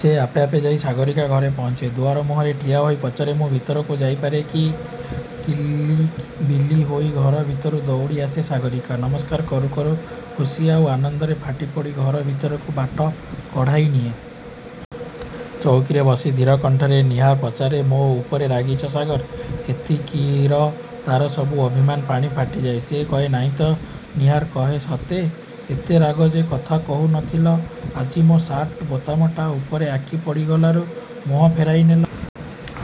ସେ ଆପେ ଆପେ ଯାଇ ସାଗରୀକା ଘରେ ପହଞ୍ଚେ। ଦୁଆର ମୁହଁରେ ଠିଆହୋଇ ପଚାରେ–''ମୁଁ ଭିତରକୁ ଯାଇପାରେ କି? '' କିଲିବିଲି ହୋଇ ଘର ଭିତରୁ ଦୌଡ଼ି ଆସେ ସାଗରୀକା। ନମସ୍କାର କରୁ କରୁ ଖୁସି ଆଉ ଆନନ୍ଦରେ ଫାଟିପଡ଼ି ଘର ଭିତରକୁ ବାଟ କଢ଼ାଇ ନିଏ। ଚଉକିରେ ବସି ଧୀର କଣ୍ଠରେ ନୀହା ପଚାରେ–''ମୋ ଉପରେ ରାଗିଛ ସାଗର। '' ଏତିକିର ତା'ର ସବୁ ଅଭିମାନ ପାଣି ଫାଟିଯାଏ। ସେ କହେ–''ନାଇଁ ତ? '' ନୀହାର କହେ–''ସତେ? ଏତେ ରାଗ ଯେ କଥା କହୁନଥିଲ। ଆଜି ମୋ ସାର୍ଟ ବୋତାମଟା ଉପରେ ଆଖି ପଡ଼ିଗଲାରୁ ମୁହଁ ଫେରାଇ ନେଲ।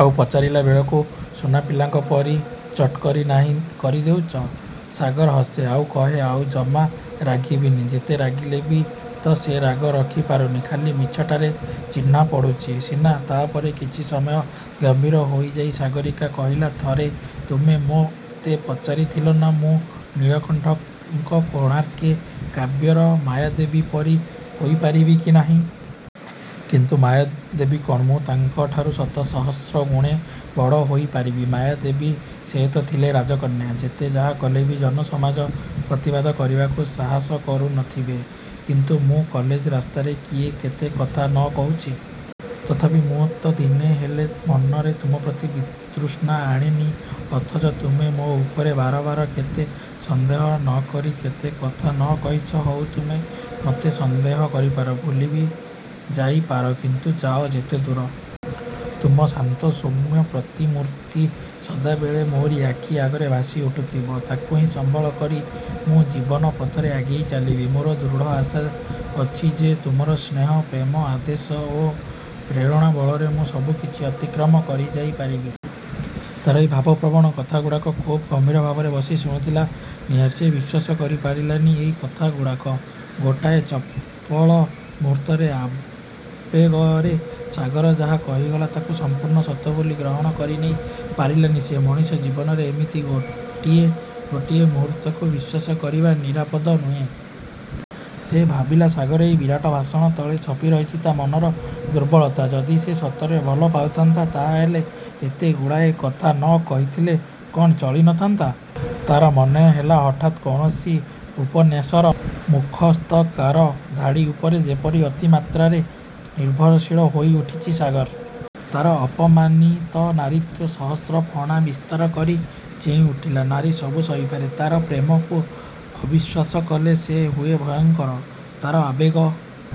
ଆଉ ପଚାରିଲା ବେଳକୁ ସୁନା ପିଲାଙ୍କ ପରି ଚଟକରି ନାହିଁ କରିଦେଉଚ। '' ସାଗର ହସେ; ଆଉ କହେ–''ଆଉ ଜମା ରାଗିବିନି। '' ଯେତେ ରାଗିଲେ ବି ତ ସେ ରାଗ ରଖିପାରୁନି–ଖାଲି ମିଛଟାରେ ଚିହ୍ନା ପଡ଼ୁଛି ସିନା! ତା'ପରେ କିଛି ସମୟ ଗମ୍ଭୀର ହୋଇଯାଇ ସାଗରୀକା କହିଲା–ଥରେ ତୁମେ ମୋତେ ପଚାରିଥିଲନା; ମୁଁ ନୀଳକଣ୍ଠଙ୍କ 'କୋଣାର୍କେ' କାବ୍ୟର ମାୟାଦେବୀ ପରି ହୋଇପାରିବି କି ନାହିଁ? କିନ୍ତୁ ମାୟାଦେବୀ କ'ଣ, ମୁଁ ତାଙ୍କଠାରୁ ଶତ ସହସ୍ର ଗୁଣେ ବଡ଼ ହୋଇପାରିବି। ମାୟାଦେବୀ; ସେ ତ ଥିଲେ ରାଜକନ୍ୟା। ଯେତେ ଯାହା କଲେ ବି ଜନ ସମାଜ ପ୍ରତିବାଦ କରିବାକୁ ସାହସ କରୁନଥିବେ। କିନ୍ତୁ ମୁଁ? କଲେଜ ରାସ୍ତାରେ କିଏ କେତେ କଥା ନ କହୁଛି। ତଥାପି ତ ମୁଁ ଦିନେ ହେଲେ ମନରେ ତୁମପ୍ରତି ବିତୃଷ୍ଣା ଆଣିନି। ଅଥଚ ତୁମେ ମୋ ଉପରେ ବାରବାର କେତେ ସନ୍ଦେହ ନ କରି, କେତେ କଥା ନ କହିଛ। ହଉ ତୁମେ ମୋତେ ସନ୍ଦେହ କରିପାର। ଭୁଲି ବି ଯାଇପାର। କିନ୍ତୁ ଯାଅ ଯେତେଦୂର। ତୁମର ଶାନ୍ତ ସୌମ୍ୟ ପ୍ରତିମୂର୍ତ୍ତି ସଦାବେଳେ ମୋରି ଆଖି ଆଗରେ ଭାସି ଉଠୁଥିବ। ତାକୁ ହିଁ ସମ୍ବଳ କରି ମୁଁ ଜୀବନ ପଥରେ ଆଗେଇ ଚାଲିବି। ମୋର ଦୃଢ଼ ଆଶା ଅଛି ଯେ ତୁମର ସ୍ନେହ, ପ୍ରେମ, ଆଦେଶ ଓ ପ୍ରେରଣା ବଳରେ ମୁଁ ସବୁ କିଛି ଅତିକ୍ରମ କରିଯାଇପାରିବି। ତା'ର ଏହି ଭାବ ପ୍ରବଣ କଥାଗୁଡ଼ାକ ଖୁବ୍ ଗମ୍ଭୀର ଭାବରେ ବସି ଶୁଣୁଥିଲା ନୀହା। ସେ ବିଶ୍ୱାସ କରିପାରିଲାନି ଏଇ କଥାଗୁଡ଼ାକ। ଗୋଟାଏ ଚପଳ ମୂହୂର୍ତ୍ତରେ ଆବେଗରେ ସାଗର ଯାହା କହିଗଲା ତାକୁ ସମ୍ପୂର୍ଣ୍ଣ ସତ ବୋଲି ଗ୍ରହଣ କରିନେଇ ପାରିଲାନି ସେ। ମଣିଷ ଜୀବନରେ ଏମିତି ଗୋଟିଏ ଗୋଟିଏ ମୁହୂର୍ତ୍ତକୁ ବିଶ୍ୱାସ କରିବା ନିରାପଦ ନୁହେଁ। ସେ ଭାବିଲା ସାଗର ଏଇ ବିରାଟ ଭାଷଣ ତଳେ ଛପି ରହିଛି ତା' ମନର ଦୁର୍ବଳତା। ଯଦି ସେ ସତରେ ଭଲ ପାଉଥାନ୍ତା ତା'ହେଲେ ଏତେଗୁଡ଼ାଏ କଥା ନ କହିଥିଲେ କ'ଣ ଚଳିନଥାନ୍ତା? ତା'ର ମନେହେଲା ହଠାତ୍ କୌଣସି ଉପନ୍ୟାସର ମୁଖସ୍ଥକାର ଧାଡ଼ି ଉପରେ ଯେପରି ଅତିମାତ୍ରାରେ ନିର୍ଭରଶୀଳ ହୋଇଉଠିଛି ସାଗର। ତା'ର ଅପମାନିତ ନାରୀତ୍ୱ ସହସ୍ର-ଫଣା ବିସ୍ତାର କରି ଚେଇଁ ଉଠିଲା। ନାରୀ ସବୁ ସହିପାରେ–ତା'ର ପ୍ରେମକୁ ଅବିଶ୍ୱାସ କଲେ ସେ ହୁଏ ଭୟଙ୍କର। ତା'ର ଆବେଗ